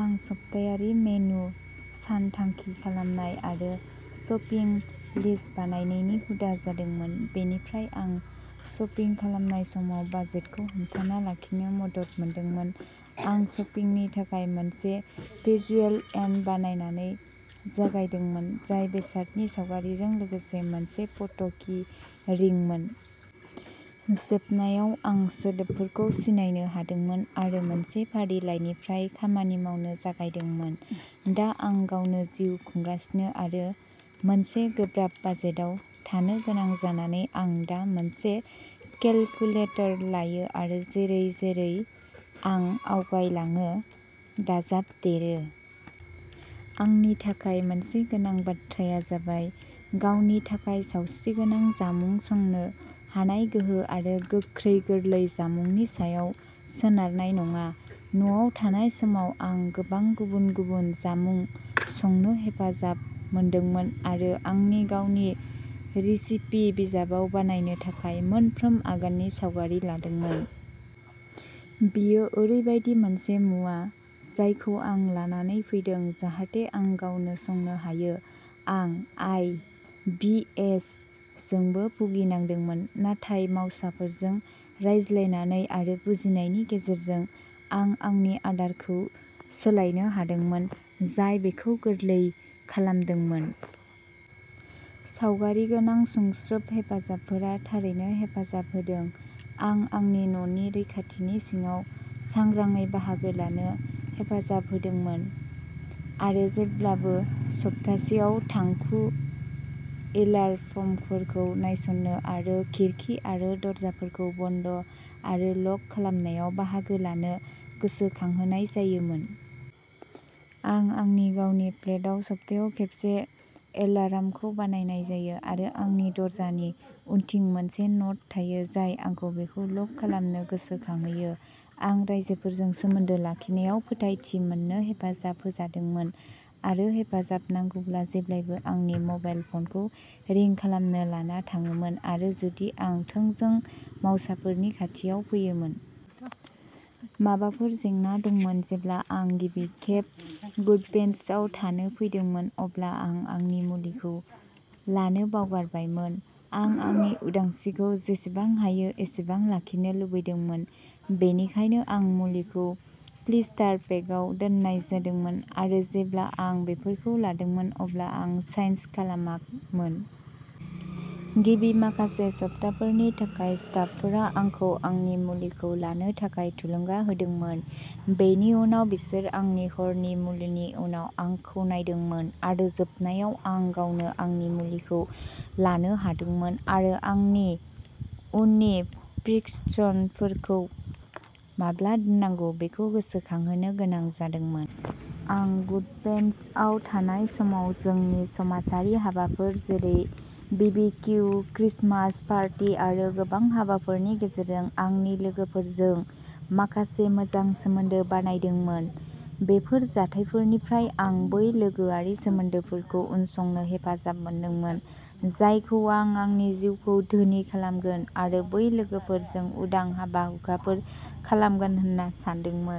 आं सप्तायारि मेनु सानथांखि खालामनाय आरो शपिं लिस्ट बानायनायनि हुदा जादोंमोन। बेनिफ्राय आं शपिं खालामनाय समाव बाजेटखौ हमथाना लाखिनो मदद मोनदोंमोन। आं शपिंनि थाखाय मोनसे भिजुएल एइड बाहायनानै जागायदोंमोन, जाय बेसादनि सावगारिजों लोगोसे मोनसे फट'की रिंमोन। जोबनायाव आं सोदोबफोरखौ सिनायनो हादोंमोन आरो मोनसे फारिलाइनिफ्राय खामानि मावनो जागायदोंमोन। दा आं गावनो जिउ खुंगासिनो आरो मोनसे गोब्राब बाजेटआव थानो गोनां जानानै आं दा मोनसे केलकुलेटर लायो आरो जेरै-जेरै आं आवगायलाङो, दाजाबदेरो। आंनि थाखाय मोनसे गोनां बाथ्राया जाबाय गावनि थाखाय सावस्रिगोनां जामुं संनो हानाय गोहो आरो गोख्रै गोरलै जामुंनि सायाव सोनारनाय नङा। न'आव थानाय समाव आं गोबां गुबुन-गुबुन जामुं संनो हेफाजाब मोनदोंमोन आरो आंनि गावनि रेसिपि बिजाब बानायनो थाखाय मोनफ्रोम आगाननि सावगारि लादोंमोन। बेयो ओरैबायदि मोनसे मुवा जायखौ आं लानानै फैदों जाहाथे आं गावनो संनो हायो। आं आइ. बि. एस. जोंबो भुगिनांदोंमोन, नाथाय मावसाफोरजों रायज्लायनानै आरो बुजिनायनि गेजेरजों आं आंनि आदारखौ सोलायनो हादोंमोन, जाय बेखौ गोरलै खालामदोंमोन। सावगारि गोनां सुंज्रोब हेफाजाबफोरा थारैनो हेफाजाब होदों। आं आंनि न'नि रैखाथिनि सिङाव सांग्राङै बाहागो लानो हेफाजाब होजादोंमोन आरो जेब्लाबो सप्तासेयाव थांखु एलार्मफोरखौ नायसंनो आरो खिरखि आरो दरजाफोरखौ बन्द आरो लक खालामनायाव बाहागो लानो गोसोखांहोनाय जायोमोन। आं आंनि गावनि फ्लेटआव सप्तायाव खेबसे एलार्मखौ नायबाय थायो आरो आंनि दरजानि उनथिं मोनसे न'ट थायो, जाय आंखौ बेखौ लक खालामनो गोसोखांहोयो। आं राइजोफोरजों सोमोन्दो लाखिनायाव फोथायथि मोननो हेफाजाब होजादोंमोन आरो हेफाजाब नांगौब्ला जेब्लाबो आंनि मबाइल फ'नखौ रिं खालामनो लाना थाङोमोन आरो जुदि आं थोंजों मावसाफोरनि खाथियाव फैयोमोन। माबाफोर जेंना दंमोन। जेब्ला आं गिबि खेब गुडविन्सआव थानो फैदोंमोन, अब्ला आं आंनि मुलिखौ लानो बावगारबायमोन। आं आंनि उदांस्रिखौ जेसेबां हायो एसेबां लाखिनो लुबैदोंमोन, बेनिखायनो आंनि मुलिखौ ब्लिस्टार पेकआव दोननाय जादोंमोन आरो जेब्ला आं बेफोरखौ लादोंमोन अब्ला आं साइन खालामोमोन। गिबि माखासे सप्ताफोरनि थाखाय स्टाफफोरा आंखौ आंनि मुलिखौ लानो थाखाय थुलुंगा होदोंमोन, बेनि उनाव बिसोर आंनि हरनि मुलिनि उनाव आंखौ नायदोंमोन आरो जोबनायाव आं गावनो आंनि मुलिखौ लानो हादोंमोन आरो आंनि उननि प्रिस्क्रिप्शनखौ माब्ला दोननांगौ बेखौ गोसोखांहोनो गोनां जादोंमोन। आं गुडविन्सआव थानाय समाव जोंनि समाजारि हाबाफारिफोर जेरै बिबिकिउ, क्रिसमास पार्टी आरो गोबां हाबाफोरनि गेजेरजों आंनि लोगोफोरजों माखासे मोजां सोमोन्दो बानायदोंमोन। बेफोर जाथायफोरनिफ्राय आं बै लोगोआरि सोमोन्दोफोरखौ उनसंनो हेफाजाब मोनदोंमोन, जायखौ आं आंनि जिउखौ धोनि खालामगोन आरो बै लोगोफोरजों उदां हाबा-हुखाफोर खालामगोन होन्ना सान्दोंमोन।